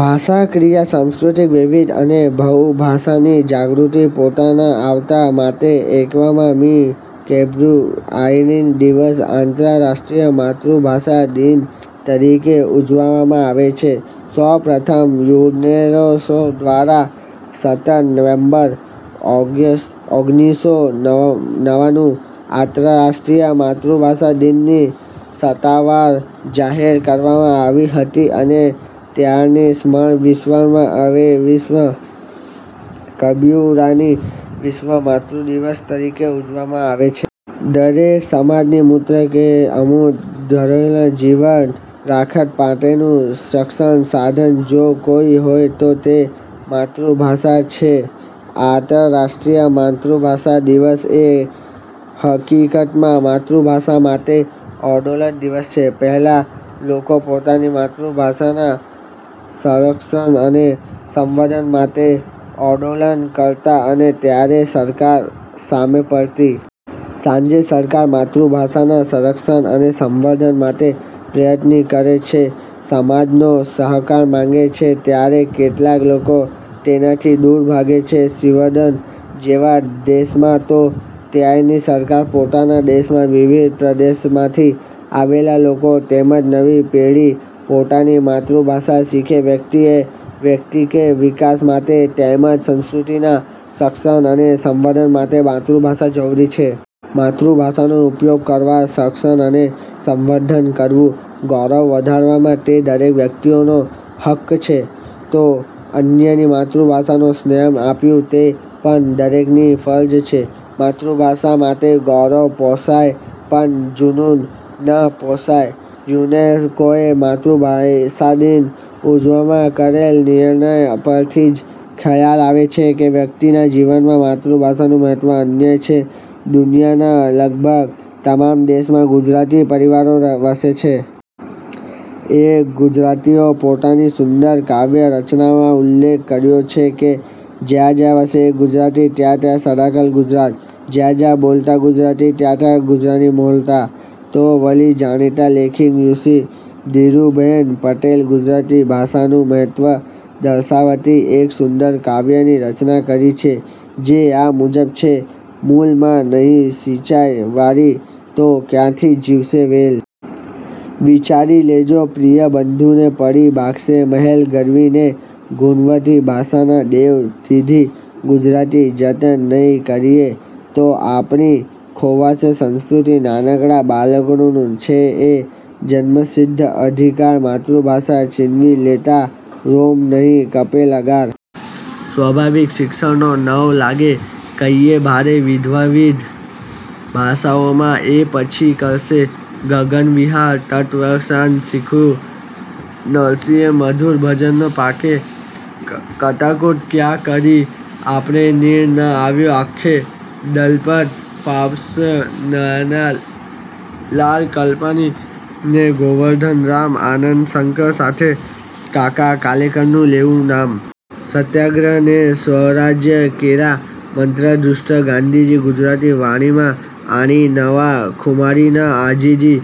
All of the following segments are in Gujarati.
ભાષાકીય, સાંસ્કૃતિક વૈવિધ્ય અને બહુભાષાવાદની જાગૃતતાને પ્રોત્સાહન આપવા માટે એકવીસ મી ફેબ્રુઆરીનો દિવસ "આંતરરાષ્ટ્રીય માતૃભાષા દિન" તરીકે ઊજવવામાં આવે છે. સૌ પ્રથમ યુનેસ્કો દ્વારા સત્તર નવેમ્બર ઓગણીસો નવ્વાણું આંતરરાષ્ટ્રીય માતૃભાષા દિનની સત્તાવાર જાહેરાત કરવામાં આવી હતી અને ત્યારથી સમગ્ર વિશ્વમાં એકવીસ ફેબ્રુઆરીની 'વિશ્વ માતૃભાષા દિવસ' તરીકે ઉજવવામાં આવે છે. દરેક સમાજની મૂર્ત કે અમૂર્ત ધરોહરને જીવંત રાખવા માટેનું સક્ષણ સાધન જો કોઈ હોય તો તે માતૃભાષા છે. આંતરરાષ્ટ્રીય માતૃભાષા દિવસ એ હકીકતમાં માતૃભાષા માટે આંદોલન દિવસ છે. પહેલાં લોકો પોતાની માતૃભાષાના સંરક્ષણ અને સંવર્ધન માટે આંદોલન કરતાં અને ત્યારે સરકાર સામે પડતી. આજે સરકાર માતૃભાષાના સંરક્ષણ અને સંવર્ધન માટે પ્રયત્નો કરે છે. સમાજનો સહકાર માંગે છે ત્યારે કેટલાક લોકો તેનાથી દૂર ભાગે છે. સ્વિડન જેવા દેશમાં તો ત્યાંની સરકાર પોતાના દેશમાં વિવિધ પ્રદેશમાંથી આવેલા લોકો તેમ જ નવી પેઢી પોતાની માતૃભાષા શીખે વ્યક્તિને વેયક્તિક વિકાસ માટે તેમ જ સંસ્કૃતિના સંરક્ષણ અને સંવર્ધન માટે માતૃભાષા જરૂરી છે. માતૃભાષાનો ઉપયોગ કરવો, સંરક્ષણ અને સંવર્ધન કરવું, ગૌરવ વધારવું તે દરેક વ્યક્તિનો હક્ક છે, તો અન્યની માતૃભાષાને સન્માન આપવું તે પણ દરેકની ફરજ છે. માતૃભાષા માટે ગૌરવ પોષાય, પણ ઝનૂન ન પોષાય. યુનેસ્કોએ માતૃભાષાદિન ઉજવવા કરેલ નિર્ણય પરથી જ ખ્યાલ આવે છે કે, વ્યક્તિના જીવનમાં માતૃભાષાનું મહત્ત્વ અનન્ય છે દુનિયાનાં લગભગ તમામ દેશોમાં ગુજરાતી પરિવારો વસે છે. એક ગુજરાતીએ પોતાની સુંદર કાવ્ય રચનામાં ઉલ્લેખ કર્યો છે કે, જ્યાં જ્યાં વસે એક ગુજરાતી, ત્યાં ત્યાં સદાકાળ ગુજરાત.. જ્યાં જ્યાં બોલાતી ગુજરાતી, ત્યાં ત્યાં ગુર્જરીની મહોલાતા! તો વળી, જાણીતી લેખિકા સુશ્રી ધીરુબહેન પટેલે ગુજરાતી ભાષાનું મહત્ત્વ દર્શાવતી એક સુંદર કાવ્યની રચના કરી છે જે આ મુજબ છે: મૂળમાં નહીં સીંચાય વારિ તો ક્યાંથી જીવશે વેલ? વિચારી લેજો પ્રિય બંધુજન પડી ભાંગશે મહેલ, ગરવી ને ગુણવંતી ભાષા દેવ દીધી ગુજરાતી જતન નહીં કરીએ તો આપણી ખોવાશે સંસ્કૃતિ. નાનકડાં બાલુડાંનો છે એ જન્મસિદ્ધ અધિકાર માતૃભાષા છીનવી લેતાં રોમ નહીં કંપે લગાર? સ્વાભાવિક શિક્ષણનો નવ લાગે કંઈયે ભાર વિધવિધ ભાષાઓમાં એ પછી કરશે ગગનવિહાર. તત્ત્વજ્ઞાન શીખવ્યું નરસિંહે મધુર ભજનની પાંખે કડાકૂટ ક્યાં કરી આપણે નીર ન આવ્યાં આંખે. દલપત ફાર્બસ ન્હાનાલાલ કલાપી ને ગોવર્ધનરામ આનંદશંકર સાથે કાકા કાલેલકરનું લેવું નામ. સત્યાગ્રહ ને સ્વરાજ્ય કેરા મંત્રદૃષ્ટા ગાંધીજી ગુજરાતી વાણીમાં આણી નવી ખુમારી ન આજીજી.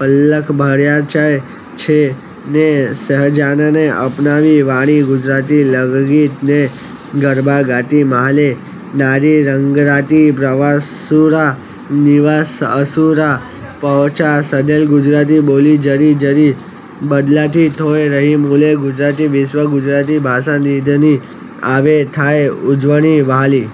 વલ્લભાચાર્ય ને સહજાનંદે અપનાવી વાણી ગુજરાતી લગ્નગીત ને ગરબા ગાતી મહાલે નારી રંગરાતી. પ્રવાસશૂરા નિવાસશૂરા પહોંચ્યા સઘળે ગુજરાતી બોલી જરી જરી બદલાતી તોયે રહી મૂળે ગુજરાતી. વિશ્વ ગુજરાતી ભાષા દિનની આજે થાય ઉજવણી વહાલી